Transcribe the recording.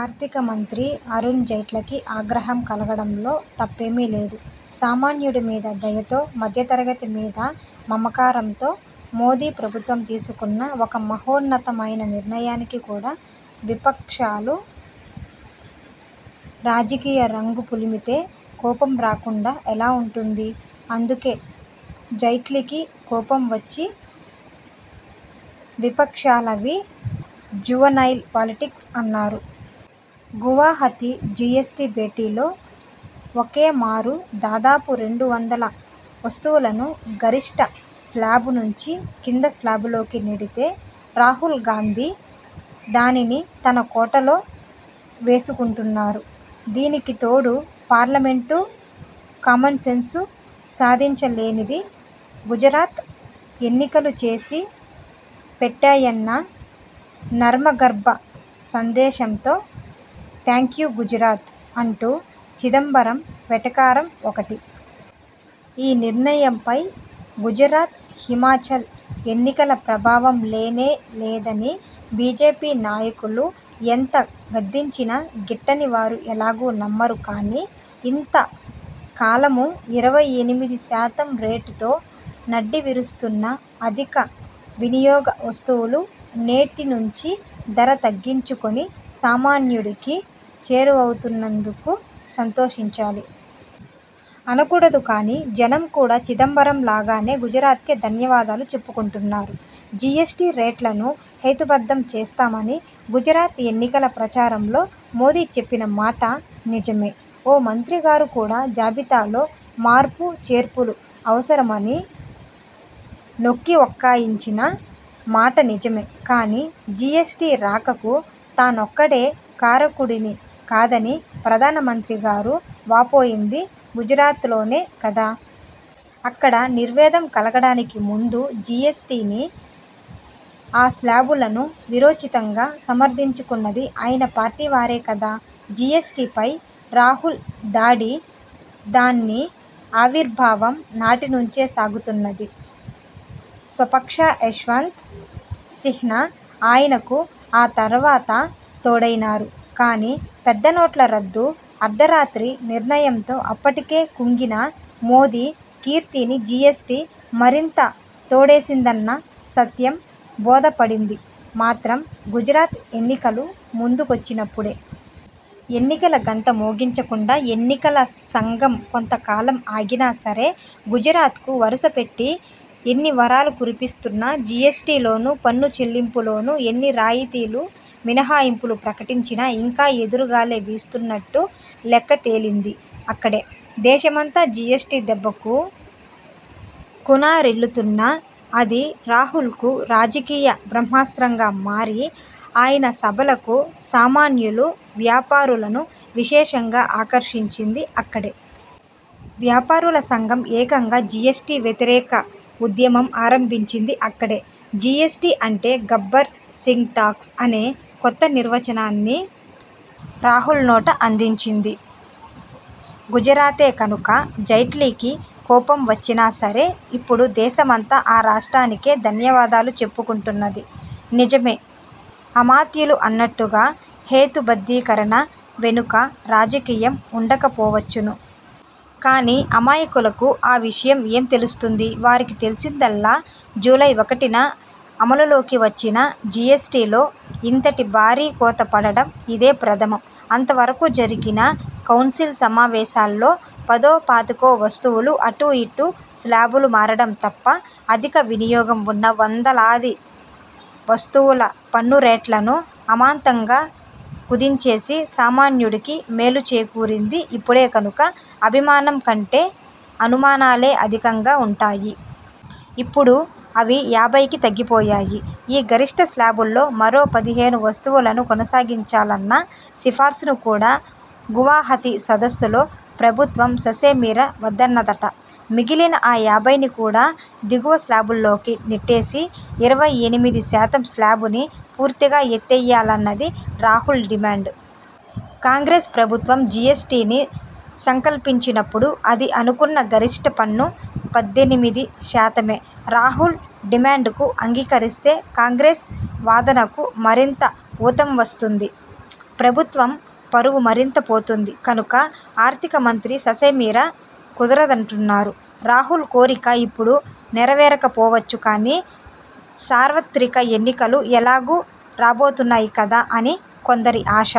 ఆర్థిక మంత్రి అరుణ్జైట్లీకి ఆగ్రహం కలగడంలో తప్పేమీ లేదు. సామాన్యుడి మీద దయతో, మధ్య తరగతి మీద మమ కారంతో మోదీ ప్రభుత్వం తీసుకున్న ఒక మహోన్నతమైన నిర్ణయానికి కూడా విపక్షాలు రాజకీయ రంగు పులిమితే కోపం రాకుండా ఎలా ఉంటుంది? అందుకే జైట్లీకి కోపం వచ్చి విపక్షాలవి 'జువనైల్ పాలిటిక్స్' అన్నారు. గువాహతీ జీఎస్టీ భేటీలో ఒకే మారు దాదాపు రెండు వందల వస్తువులను గరిష్ట స్లాబు నుంచి కింద స్లాబులోకి నెడితే, రాహుల్గాంధీ దానిని తన కోటాలో వేసుకుంటున్నారు. దీనికి తోడు, పార్లమెంటు, కామన్సెన్సూ సాధించ లేనిది గుజరాత్ ఎన్నికలు చేసి పెట్టాయన్న నర్మగర్భ సందేశంతో 'థాంక్యూ గుజరాత్' అంటూ చిదంబరం వెటకారం ఒకటి. ఈ నిర్ణయంపై గుజరాత్, హిమాచల్ ఎన్నికల ప్రభావం లేనే లేదని బీజేపీ నాయకులు ఎంత గద్దించినా గిట్టని వారు ఎలాగూ నమ్మరు కానీ, ఇంత కాలమూ ఇరవై ఎనిమిది శాతం రేటుతో నడ్డి విరుస్తున్న అధిక వినియోగ వస్తువులు నేటి నుంచి ధర తగ్గించుకొని సామాన్యుడికి చేరువవుతున్నందుకు సంతోషించాలి. అనకూడదు కానీ, జనం కూడా చిదంబరం లాగానే గుజరాత్కే ధన్యవాదాలు చెప్పుకుంటున్నారు. జీఎస్టీ రేట్లను హేతు బద్ధం చేస్తామని గుజరాత్ ఎన్నికల ప్రచారంలో మోదీ చెప్పినమాట నిజమే. ఓ మంత్రి గారు కూడా జాబితాలో మార్పు చేర్పులు అవసరమని నొక్కివక్కాణించిన మాటా నిజమే. కానీ, జీఎస్టీ రాకకు తానొక్కడే కారకుడిని కాదని ప్రధానమంత్రి గారు వాపోయింది గుజరాత్లోనే కదా! అక్కడ నిర్వేదం కలగడానికి ముందు జీఎస్టీనీ, ఆ శ్లాబులనూ వీరోచితంగా సమర్థించుకున్నది ఆయన పార్టీ వారే కదా! జీఎస్టీపై రాహుల్ దాడి దాని ఆవిర్భావం నాటినుంచే సాగుతున్నది. స్వపక్ష యశ్వంత్ సిన్హా ఆయనకు ఆ తరువాత తోడైనారు. కానీ, పెద్ద నోట్ల రద్దు అర్థరాత్రి నిర్ణయంతో అప్పటికే కుంగిన మోదీ కీర్తిని జీఎస్టీ మరింత తోడేసిందన్న సత్యం బోధపడింది మాత్రం గుజరాత్ ఎన్నికలు ముందు కొచ్చినప్పుడే. ఎన్నికల గంట మోగించకుండా ఎన్నికల సంఘం కొంత కాలం ఆగినా సరే, గుజరాత్కు వరుసపెట్టి ఎన్నివరాలు కురిపిస్తున్నా, జీఎస్టీ లోనూ, పన్ను చెల్లింపు ల్లోనూ ఎన్ని రాయితీలూ మినహాయింపులూ ప్రకటించినా ఇంకా ఎదురుగాలే వీస్తున్నట్టు లెక్క తేలిందీ అక్కడే. దేశమంతా జీఎస్టీ దెబ్బకు కునారిల్లుతున్నా, అది రాహుల్కు రాజకీయ బ్రహ్మాస్త్రంగా మారి, ఆయన సభలకు సామాన్యులూ, వ్యాపారులను విశేషంగా ఆకర్షించిందీ అక్కడే. వ్యాపారుల సంఘం ఏకంగా జీఎస్టీ వ్యతిరేక ఉద్యమం ఆరంభించిందీ అక్కడే. జీఎస్టీ అంటే 'గబ్బర్ సింగ్ టాక్స్' అనే కొత్త నిర్వచనాన్ని రాహుల్నోట అందించింది గుజరాతే కనుక, జైట్లీకి కోపం వచ్చినా సరే, ఇప్పుడు దేశమంతా ఆ రాష్ట్రానికే ధన్యవాదాలు చెప్పుకుంటున్నది. నిజమే, అమాత్యులు అన్నట్టుగా హేతు బద్ధీకరణ వెనుక రాజకీయం ఉండక పోవచ్చును. కానీ, అమాయకులకు ఆ విషయం ఏం తెలుస్తుంది? వారికి తెలిసిందల్లా జూలై ఒకటిన అమలులోకి వచ్చిన జీఎస్టీలో ఇంతటి భారీ కోత పడటం ఇదే ప్రథమం. అంత వరకూ జరిగిన కౌన్సిల్ సమావేశాల్లో పదో పాతికో వస్తువులు అటూ ఇటూ స్లాబులు మారడం తప్ప, అధిక వినియోగం ఉన్న వందలాది వస్తువుల పన్నురేట్లను అమాంతంగా కుదించేసి సామాన్యుడికి మేలు చేకూరింది ఇప్పుడే కనుక, అభిమానం కంటే అనుమానాలే అధికంగా ఉంటాయి. ఇప్పుడు అవి యాభైకి తగ్గిపోయాయి. ఈ గరిష్ట స్లాబులో మరో పదిహేను వస్తువులను కొనసాగించాలన్న సిఫార్సును కూడా గువాహతీ సదస్సులో ప్రభుత్వం ససేమిరా వద్దన్నదట. మిగిలిన ఆ యాభైని కూడా దిగువ స్లాబులోకి నెట్టేసి, ఇరవై ఎనిమిది శాతం స్లాబుని పూర్తిగా ఎత్తేయాలన్నది రాహుల్ డిమాండ్. కాంగ్రెస్ ప్రభుత్వం జీఎస్టీని సంకల్పించినప్పుడు అది అనుకున్న గరిష్ట పన్ను పద్దెనిమిది శాతమే. రాహుల్ డిమాండ్కు అంగీకరిస్తే కాంగ్రెస్ వాదనకు మరింత ఊతం వస్తుంది, ప్రభుత్వం పరువు మరింత పోతుంది కనుక ఆర్థిక మంత్రి ససేమిరా కుదరదంటున్నారు. రాహుల్ కోరిక ఇప్పుడు నెరవేరకపోవచ్చును కానీ, సార్వత్రిక ఎన్నికలు ఎలాగూ రాబోతున్నాయి కదా అని కొందరి ఆశ.